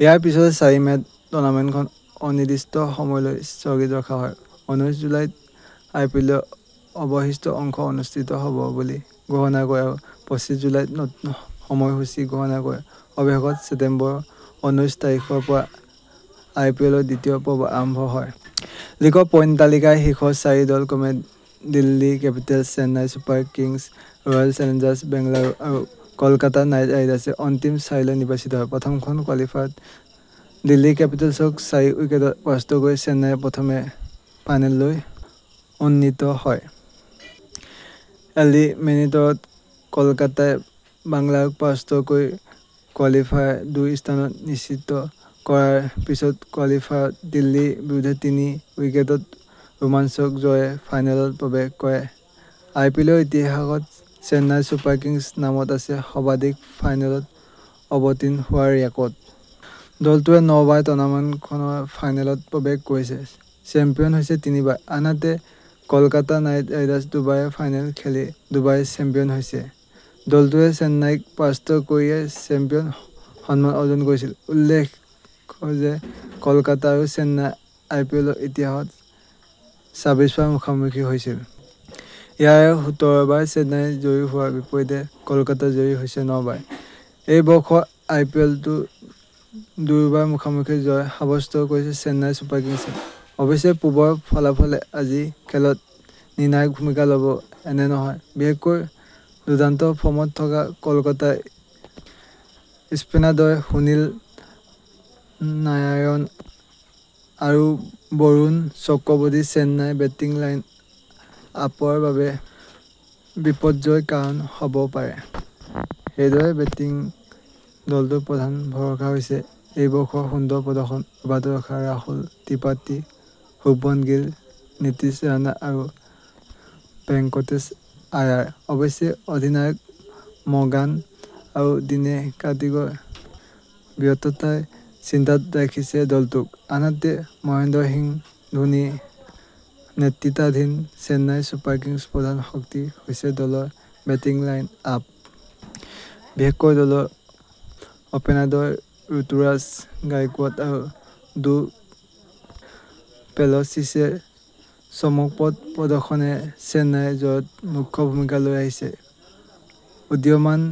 ​ইয়াৰ পিছতে চাৰি মে'ত টুৰ্নামেণ্টখন অনিৰ্দিষ্ট সময়লৈ স্থগিত ৰখা হয়। উনৈছ জুলাইত আইপিএলৰ অৱশিষ্ট অংশ অনুষ্ঠিত হ'ব বুলি ঘোষণা কৰে আৰু পঁচিশ জুলাইত নতুন সময়সূচী ঘোষণা কৰে। অৱশেষত ছেপ্টেম্বৰৰ উনৈছ তাৰিখৰ পৰা আইপিএলৰ দ্বিতীয় পৰ্ব আৰম্ভ হয়। লীগৰ পইণ্ট তালিকাৰ শীৰ্ষ চাৰি দল ক্ৰমে Delhi Capitals, Chennai Super Kings, Royal Challengers Bengaluru আৰু কলকাতা নাইট ৰাইডাৰ্ছে অন্তিম চাৰিলৈ নিৰ্বাচিত হয়। প্ৰথমখন কোৱালিফায়াৰত দিল্লী কেপিটেলছক চাৰি উইকেটত পৰাস্ত কৰি চেন্নাই প্ৰথমেই ফাইনেললৈ উন্নীত হয়। এলিমিনেটৰত কলকাতাই বাংগালুৰুক পৰাস্ত কৰি কোৱালিফায়াৰ দুইত স্থান নিশ্চিত কৰাৰ পিছত কোৱালিফায়াৰত দিল্লীৰ বিৰুদ্ধে তিনি উইকেটত ৰোমাঞ্চকৰ জয়েৰে ফাইনেলত প্ৰৱেশ কৰে। আইপিএলৰ ইতিহাসত চেন্নাই চুপাৰ কিংছৰ নামত আছে সৰ্বাধিক ফাইনেলত অৱতীৰ্ণ হোৱাৰ ৰেকৰ্ড। দলটোৱে নবাৰ টুৰ্নামেণ্টখনৰ ফাইনেলত প্ৰৱেশ কৰিছে, চেম্পিয়ন হৈছে তিনিবাৰ। আনহাতে কলকাতা নাইট ৰাইডাৰ্ছে দুবাৰেই ফাইনেল খেলি দুয়োবাৰেই চেম্পিয়ন হৈছে। দলটোৱে চেন্নাইক পৰাস্ত কৰিয়েই চেম্পিয়নৰ সন্মান অৰ্জন কৰিছিল। উল্লেখ্য যে কলকাতা আৰু চেন্নাই আইপিএলৰ ইতিহাসত ছাব্বিশবাৰ মুখামুখি হৈছে। ইয়াৰে সোতৰবাৰ চেন্নাই জয়ী হোৱাৰ বিপৰীতে কলকাতা জয়ী হৈছে নবাৰ। এই বৰ্ষৰ আইপিএলতো দুয়োবাৰৰ মুখামুখিত জয় সাব্যস্ত কৰিছে চেন্নাই চুপাৰ কিংছে। অৱশ্যে পূৰ্বৰ ফলাফলেই আজিৰ খেলত নিৰ্ণায়ক ভূমিকা ল'ব এনে নহয়। বিশেষকৈ দুৰ্দান্ত ফৰ্মত থকা কলকাতাৰ স্পিনাৰদ্বয় সুনীল নাৰাইণ আৰু বৰুণ চক্ৰৱৰ্তী চেন্নাইৰ বেটিং লাইন-আপৰ বাবে বিপৰ্যয়ৰ কাৰণ হ'ব পাৰে। সেইদৰে বেটিঙত দলটোৰ প্ৰধান ভৰসা হৈছে এইবৰ্ষৰ সুন্দৰ প্ৰদৰ্শন অব্যাহত ৰখা ৰাহুল ত্ৰিপাঠী, শুভমন গিল, নিতীশ ৰানা আৰু ভেংকটেশ আয়াৰ। অৱশ্যে অধিনায়ক মৰ্গান আৰু দিনেশ কাৰ্তিকৰ ব্যৰ্থতাই চিন্তাত ৰাখিছে দলটোক। আনহাতে মহেন্দ্ৰ সিং ধোনী নেতৃত্বাধীন চেন্নাই চুপাৰ কিংছৰ প্ৰধান শক্তি হৈছে দলৰ বেটিং লাইন-আপ। বিশেষকৈ দলৰ অপেনাৰদ্বয় ৰুতুৰাজ গাইকোৱাড আৰু ডু প্লেছিছে চমকপ্ৰদ প্ৰদৰ্শনেৰে চেন্নাইৰ জয়ত মুখ্য ভূমিকা লৈ আহিছে। উদীয়মান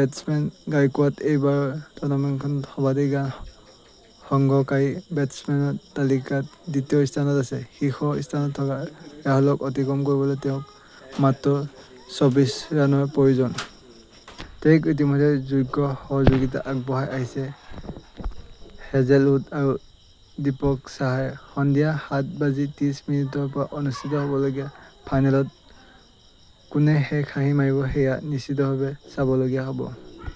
বেটচমেন গাইকোৱাড এইবাৰৰ টুৰ্নামেণ্টখনত সৰ্বাধিক ৰান সংগ্ৰহকাৰী বেটচমেনৰ তালিকাত দ্বিতীয় স্থানত আছে। শীৰ্ষ স্থানত থকা ৰাহুলক অতিক্ৰম কৰিবলৈ তেওঁক মাত্ৰ চব্বিশ ৰানৰ প্ৰয়োজন। তেওঁক ইতিমধ্যে যোগ্য সহযোগিতা আগবঢ়াই আহিছে হেজেলউদ আৰু দীপক চাহাৰে। সন্ধিয়া সাত বাজি ত্ৰিছ মিনিটৰ পৰা অনুষ্ঠিত হ'বলগীয়া ফাইনেলত কোনে শেষ হাঁহি মাৰিব, সেয়া নিশ্চিতভাৱে চাবলগীয়া হ'ব।